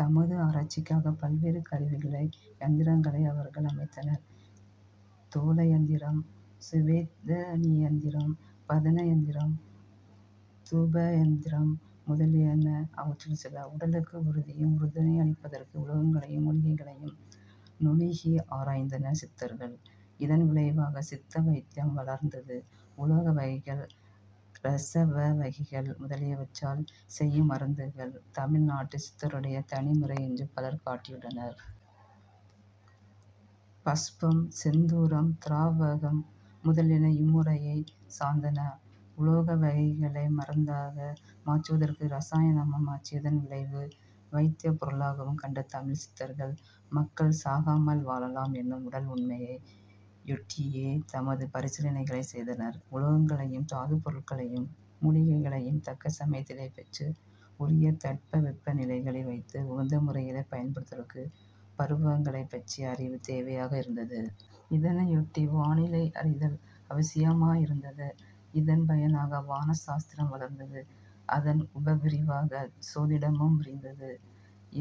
தமது ஆராய்ச்சிக்காகப் பல்வேறு கருவிகளை யந்திரங்களை அவர்கள் அமைத்தனர். தோலயந்திரம், சுவேதனியந்திரம், பதன யந்திரம், தூபயந்திரம் முதலியன அவற்றுள் சில. உடலுக்கு உறுதியும் உறுதுணையும் அளிப்பதற்கு உலோகங்களையும் மூலிகைகளையும் நுணுகி ஆராய்ந்தனர் சித்தர்கள். இதன் விளைவாகச் சித்த வைத்தியம் வளர்ந்தது. உலோக வகைகள், இரசவகைகள் முதலியவற்றால் செய்யும் மருந்துகள், தமிழ் நாட்டுச் சித்தருடைய தனிமுறை என்று பலர் காட்டியுள்ளனர். பஸ்பம், செந்தூரம், திராவகம் முதலியன இம்முறையைச் சார்ந்தன. உலோக வகைகளை மருந்தாக மாற்றுவதற்கு இரசாயனமும், மாற்றியதன் விளைவு வைத்தியப் பொருளாகவும் கண்ட தமிழ்ச் சித்தர்கள், மக்கள் சாகாமல் வாழலாம் என்னும் உடல் உண்மையை யொட்டியே தமது பரிசீலனைகளைச் செய்தனர். உலோகங்களையும், தாதுப் பொருட்களையும் மூலிகைகளையும் தக்க சமயத்திலே பெற்று, உரிய தட்பவெப்ப நிலைகளில் வைத்து, உகந்த முறையிலே பயன்படுத்துவதற்குப் பருவங்களைப் பற்றிய அறிவு தேவையாக இருந்தது. இதனையொட்டி வானிலை அறிதல் அவசியமாயிருந்தது. இதன் பயனாக வான சாஸ்திரம் வளர்ந்தது. அதன் உபபிரிவாகச் சோதிடமும் விரிந்தது.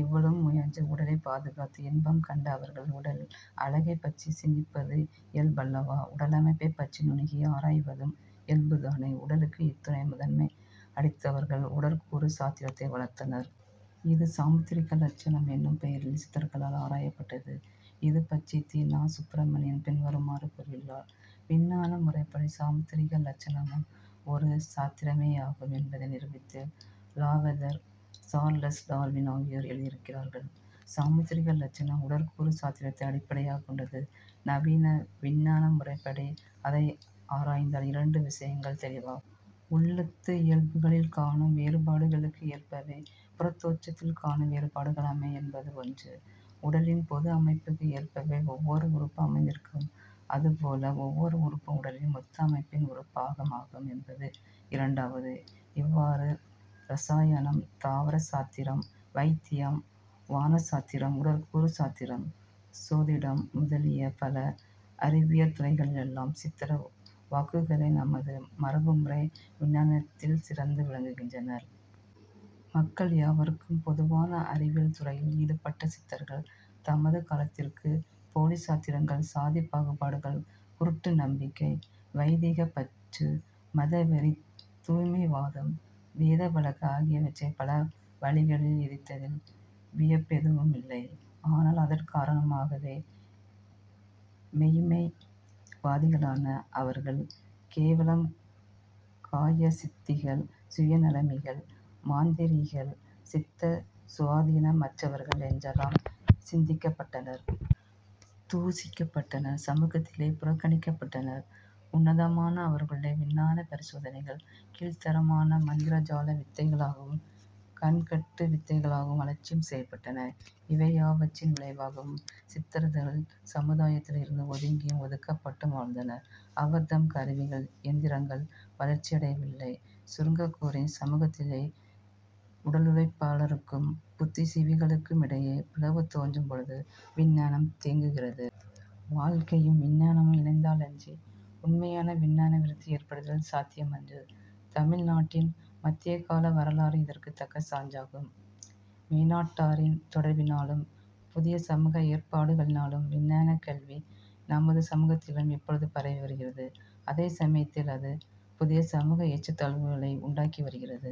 இவ்வளவு முயன்று உடலைப் பாதுகாத்து இன்பம் கண்ட அவர்கள் உடல் அழகைப் பற்றி சிந்திப்பது இயல்பல்லவா? உடலமைப்பைப் பற்றி நுணுகி ஆராய்வதும் இயல்புதானே. உடலுக்கு இத்துணை முதன்மை அளித்தவர்கள் உடற்கூறு சாத்திரத்தை வளர்த்தனர். இது சாமுத்திரிகா லட்சணம் என்னும் பெயரில் சித்தர்களால் ஆராயப்பட்டது. இதுபற்றி தி. நா. சுப்பிரமணியன் பின்வருமாறு கூறியுள்ளார்: "விஞ்ஞான முறைப்படி சாமுத்திரிகா லட்சணமும் ஒரு சாத்திரமேயாகும் என்பதை நிரூபித்து, லாவதர், சார்லஸ் டார்வின் ஆகியோர் எழுதியிருக்கிறார்கள். சாமுத்திரிகா லட்சணம் உடற்கூறு சாத்திரத்தை அடிப்படையாகக் கொண்டது. நவீன விஞ்ஞான முறைப்படி அதை ஆராய்ந்தால் இரண்டு விஷயங்கள் தௌிவாகும். உள்ளத்து இயல்புகளில் காணும் வேறுபாடுகளுக்கு ஏற்பவே புறத்தோற்றத்தில் காணும் வேறுபாடுகள் அமையும் என்பது ஒன்று. உடலின் பொது அமைப்புக்கு ஏற்பவே ஒவ்வோர் உறுப்பும் அமைந்திருக்கும். அதுபோல ஒவ்வோர் உறுப்பும் உடலின் மொத்த அமைப்பின் ஒரு பாகமாகும் என்பது இரண்டாவது. " இவ்வாறு இரசாயனம், தாவர சாத்திரம், வைத்தியம், வானசாத்திரம், உடற்கூறு சாத்திரம், சோதிடம் முதலிய பல அறிவியற் துறைகளிலெல்லாம் சித்தர் வாக்குகளே நமது மரபு முறை விஞ்ஞானத்திற் சிறந்து விளங்குகின்றன. மக்கள் யாவருக்கும் பொதுவான அறிவியல் துறைகளில் ஈடுபட்ட சித்தர்கள் தமது காலத்துக்குப் போலிச் சாத்திரங்கள், சாதிப் பாகுபாடுகள், குருட்டு நம்பிக்கை, வைதிகப் பற்று, மதவெறி, தூய்மை வாதம், வேத வழக்கு ஆகியவற்றைப் பல வழிகளில் எதிர்த்ததில் வியப்பெதுவுமில்லை. ஆனால் அதன் காரணமாகவே மெய்ம்மை வாதிகளான அவர்கள் கேவலம் காய சித்திகள், சுயநலமிகள், மாந்திரீகர்கள், சித்த சுவாதீனமற்றவர்கள் என்றெல்லாம் நிந்திக்கப்பட்டனர். தூஷிக்கப்பட்டனர். சமூகத்திலே புறக்கணிக்கப்பட்டனர். உன்னதமான அவர்களுடைய விஞ்ஞானப் பரிசோதனைகள் கீழ்த்தரமான மந்திர ஜால வித்தைகளாகவும், கண்கட்டு வித்தைகளாகவும், அலட்சியம் செய்யப்பட்டன. இவை யாவற்றின் விளைவாகவும் சித்தர்கள் சமுதாயத்தில் இருந்து ஒதுங்கியும், ஒதுக்கப்பட்டும் வாழ்ந்தனர். அவர்தம் கருவிகள் இயந்திரங்கள் வளர்ச்சியடைய வில்லை. சுருங்கக்கூறின், சமூகத்திலே உடலுழைப்பாளருக்கும் புத்திசீவிகளுக்கும் இடையே பிளவு தோன்றும் பொழுது விஞ்ஞானம் தேங்குகிறது. வாழ்க்கையும் விஞ்ஞானமும் இணைந்தாலன்றி உண்மையான விஞ்ஞான விருத்தி ஏற்படுதல் சாத்தியமன்று. தமிழ் நாட்டின் மத்தியகால வரலாறு இதற்குத் தக்க சான்றாகும். மேனாட்டாரின் தொடர்பினாலும், புதிய சமூக ஏற்பாடுகளினாலும் விஞ்ஞானக் கல்வி, நமது சமூகத்திலும் இப்பொழுது பரவி வருகிறது. அதே சமயத்தில் அது புதிய சமூக ஏற்றத்தாழ்வுகளை உண்டாக்கி வருகிறது.